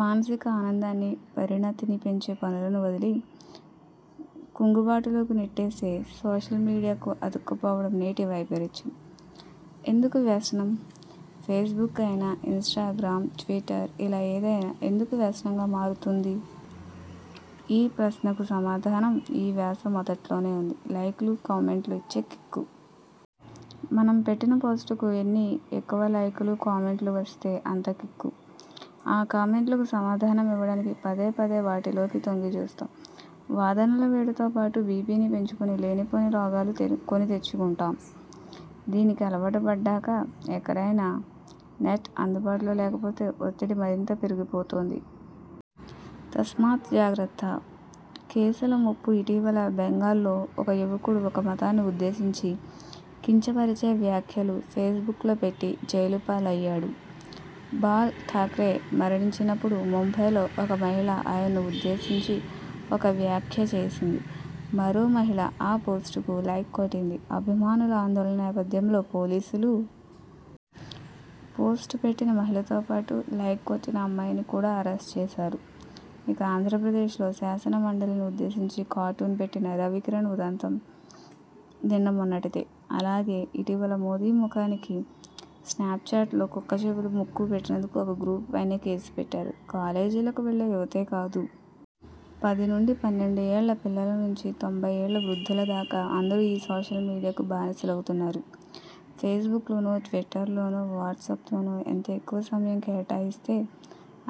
మానసిక ఆనందాన్ని, పరిణతిని పెంచే పనులను వదిలి.. కుంగుబాటులోకి నెట్టేసే సోషల్మీడియాకు అతుక్కుపోవడం నేటి వైపరీత్యం. ఎందుకు వ్యసనం? ఫేస్బుక్ అయినా.. ఇన్స్టాగ్రామ్, ట్విటర్.. ఇలా ఏదైనా ఎందుకు వ్యసనంగా మారుతుంది? ఈ ప్రశ్నకు సమాధానం ఈ వ్యాసం మొదట్లోనే ఉంది. లైకులు, కామెంట్లు ఇచ్చే కిక్కు. మనం పెట్టిన పోస్టుకు ఎన్ని ఎక్కువ లైకులు, కామెంట్లు వస్తే అంత కిక్కు. ఆ కామెంట్లకు సమాధానమివ్వడానికి పదేపదే వాటిలోకి తొంగిచూస్తాం. వాదనల వేడితో పాటు బీపీని పెంచుకుని లేనిపోని రోగాలు కొనితెచ్చుకుంటాం. దీనికి అలవాటు పడ్డాక.. ఎక్కడైనా నెట్ అందుబాటులో లేకపోతే ఒత్తిడి మరింత పెరిగిపోతుంది. తస్మాత్ జాగ్రత్త!! కేసుల ముప్పుఇటీవల బెంగాల్లో ఒక యువకుడు ఒక మతాన్ని ఉద్దేశించి కించపరిచే వ్యాఖ్యలు ఫేస్బుక్లో పెట్టి జైలుపాలయ్యాడు. బాల్ ఠాక్రే మరణించినప్పుడు ముంబైలో ఒక మహిళ ఆయన్ను ఉద్దేశించి ఒక వ్యాఖ్య చేసింది. మరో మహిళ ఆ పోస్టుకు లైక్ కొట్టింది. అభిమానుల ఆందోళన నేపథ్యంలో పోలీసులు.. పోస్టు పెట్టిన మహిళతోపాటు లైక్ కొట్టిన అమ్మాయిని కూడా అరెస్టు చేశారు. ఇక.. ఆంధ్రప్రదేశ్లో శాసన మండలిని ఉద్దేశించి కార్టూన్ పెట్టిన రవికిరణ్ ఉదంతం నిన్నమొన్నటిదే. అలాగే, ఇటీవల మోదీ ముఖానికి స్నాప్చాట్లో కుక్క చెవులు, ముక్కు పెట్టినందుకు ఒక గ్రూపుపైనే కేసు పెట్టారు. కాలేజీలకు వెళ్లే యువతే కాదు.. పది-పదకొండు ఏళ్ల పిల్లల నుంచి తొంబై ఏళ్ల వృద్ధుల దాకా అందరూ ఈ సోషల్ మీడియాకు బానిసలవుతున్నారు. ఫేస్బుక్లోనో.. ట్విటర్లోనో.. వాట్స్పతోనో ఎంత ఎక్కువ సమయం కేటాయిస్తే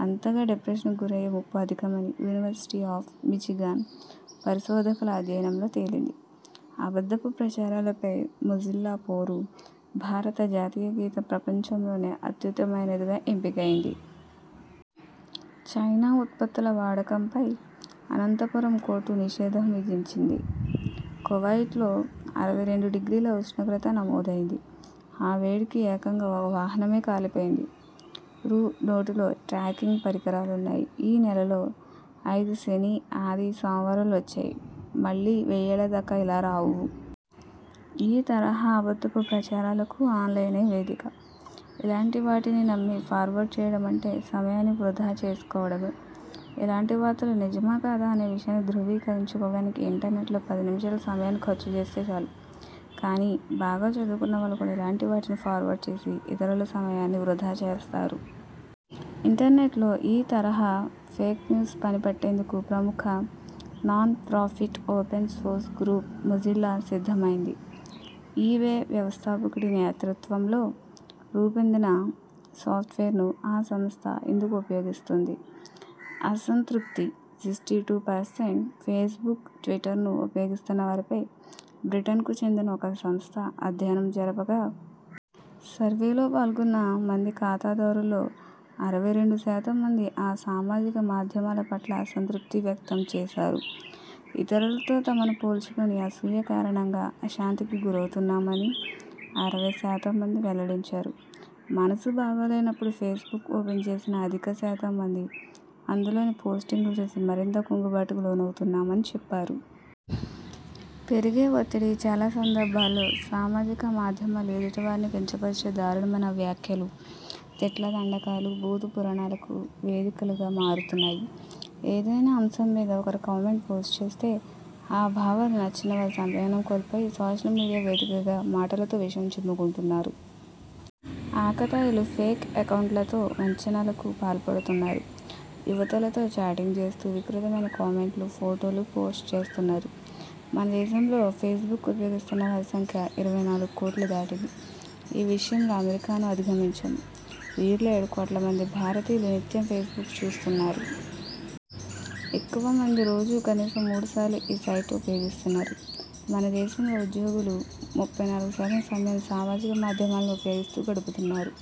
అంతగా డిప్రెషన్కు గురయ్యే ముప్పు అధికమని యూనివర్సిటీ ఆఫ్ మిచిగాన్ పరిశోధకుల అధ్యయనంలో తేలింది. అబద్ధపు ప్రచారాలపై మొజిల్లా పోరు ''భారత జాతీయగీతం ప్రపంచంలోనే అత్యుత్తమమైనదిగా ఎంపికైంది.. చైనా ఉత్పత్తుల వాడకంపై అనంతపురం కోర్టు నిషేధం విధించింది.. కువాయిట్లో అరవై రెండ డిగ్రీల ఉష్ణోగ్రత నమోదైంది, ఆ వేడికి ఏకంగా ఒక వాహనమే కాలిపోయింది.. రూ. నోటులో ట్రాకింగ్ పరికరాలున్నాయి.. ఈ నెలలో ఐదు శని, ఆది, సోమవారాలు వచ్చాయి మళ్లీ వెయ్యేళ్ల దాకా ఇలా రావు.. '' ఈ తరహా అబద్ధపు ప్రచారాలకు ఆన్లైనే వేదిక. ఇలాంటివాటిని నమ్మి ఫార్వర్డ్ చేయడమంటే సమయాన్ని వృథా చేసుకోవడమే. ఇలాంటి వార్తలు నిజమా కాదా అనే విషయాన్ని ధ్రువీకరించుకోవడానికి ఇంటర్నెట్లో పది నిమిషాల సమయాన్ని ఖర్చు చేస్తే చాలు. కానీ, బాగా చదువుకున్నవాళ్లు కూడా ఇలాంటివాటిని ఫార్వర్డ్ చేసి ఇతరుల సమయాన్ని వృథా చేస్తారు. ఇంటర్నెట్లో ఈ తరహా ఫేక్ న్యూస్ పని పట్టేందుకు ప్రముఖ non profit open source group Mozilla సిద్ధమైంది. ఈబే వ్యవస్థాపకుడి నేతృత్వంలో రూపొందిన సాఫ్ట్వేర్ను ఆ సంస్థ ఇందుకు ఉపయోగిస్తోంది. అసంతృప్తి అరవై రెండు శాతం ఫేస్బుక్, ట్విటర్ను ఉపయోగిస్తున్న వారిపై బ్రిటన్కు చెందిన ఒక సంస్థ అధ్యయనం జరపగా.. సర్వేలో పాల్గొన్న మంది ఖాతాదారుల్లో అరవై రెండు శాతం మంది ఆ సామాజిక మాధ్యమాల పట్ల అసంతృప్తి వ్యక్తం చేశారు. ఇతరులతో తమను పోల్చుకుని అసూయ కారణంగా ఆశాంతికి గురౌతున్నామని అరవై శాతం మంది వెల్లడించారు. మన సు బాగాలేనప్పుడు ఫేస్బుక్ ఓపెన్ చేసిన అధిక శాతం మంది అందులోని పోస్టింగ్లు చూసి మరింత కుంగుబాటుకు లోనవుతున్నామని చెప్పారు. పెరిగే ఒత్తిడి.. చాలా సందర్భాల్లో సామాజిక మాధ్యమాలు ఎదుటి వారిని కించపరిచే దారుణమైన వ్యాఖ్యలు, తిట్ల దండకాలు, బూతు పురాణాలకు వేదికలుగా మారుతున్నాయి. ఏదైనా అంశం మీద ఒకరు కామెంట్ పోస్ట్ చేస్తే.. ఆ భావాలు నచ్చనివారు సంయమనం కోల్పోయి సోషల్ మీడియా వేదికగా మాటలతో విషం చిమ్ముకుంటున్నారు. ఆకతాయిలు ఫేక్ అకౌంట్లతో వంచనలకు పాల్పడుతున్నారు. యువతులతో చాటింగ్ చేస్తూ వికృతమైన కామెంట్లు, ఫొటోలు పోస్ట్ చేస్తున్నారు. మన దేశంలో ఫేస్బుక్ ఉపయోగిస్తున్న వారి సంఖ్య ఇరవై నాలుగు కోట్లు దాటింది. ఈ విషయంలో అమెరికాను అధిగమించాం. వీరిలో ఏడు కోట్ల మంది భారతీయులు నిత్యం ఫేస్బుక్ చూస్తున్నారు. ఎక్కువ మంది రోజూ కనీసం మూడుసార్లు ఈ సైట్ ఉపయోగిస్తున్నారు. మన దేశంలో ఉద్యోగులు ముప్పై నాలుగు శాతం సమయాన్ని సామాజిక మాధ్యమాలను ఉపయోగిస్తూ గడుపుతున్నారు.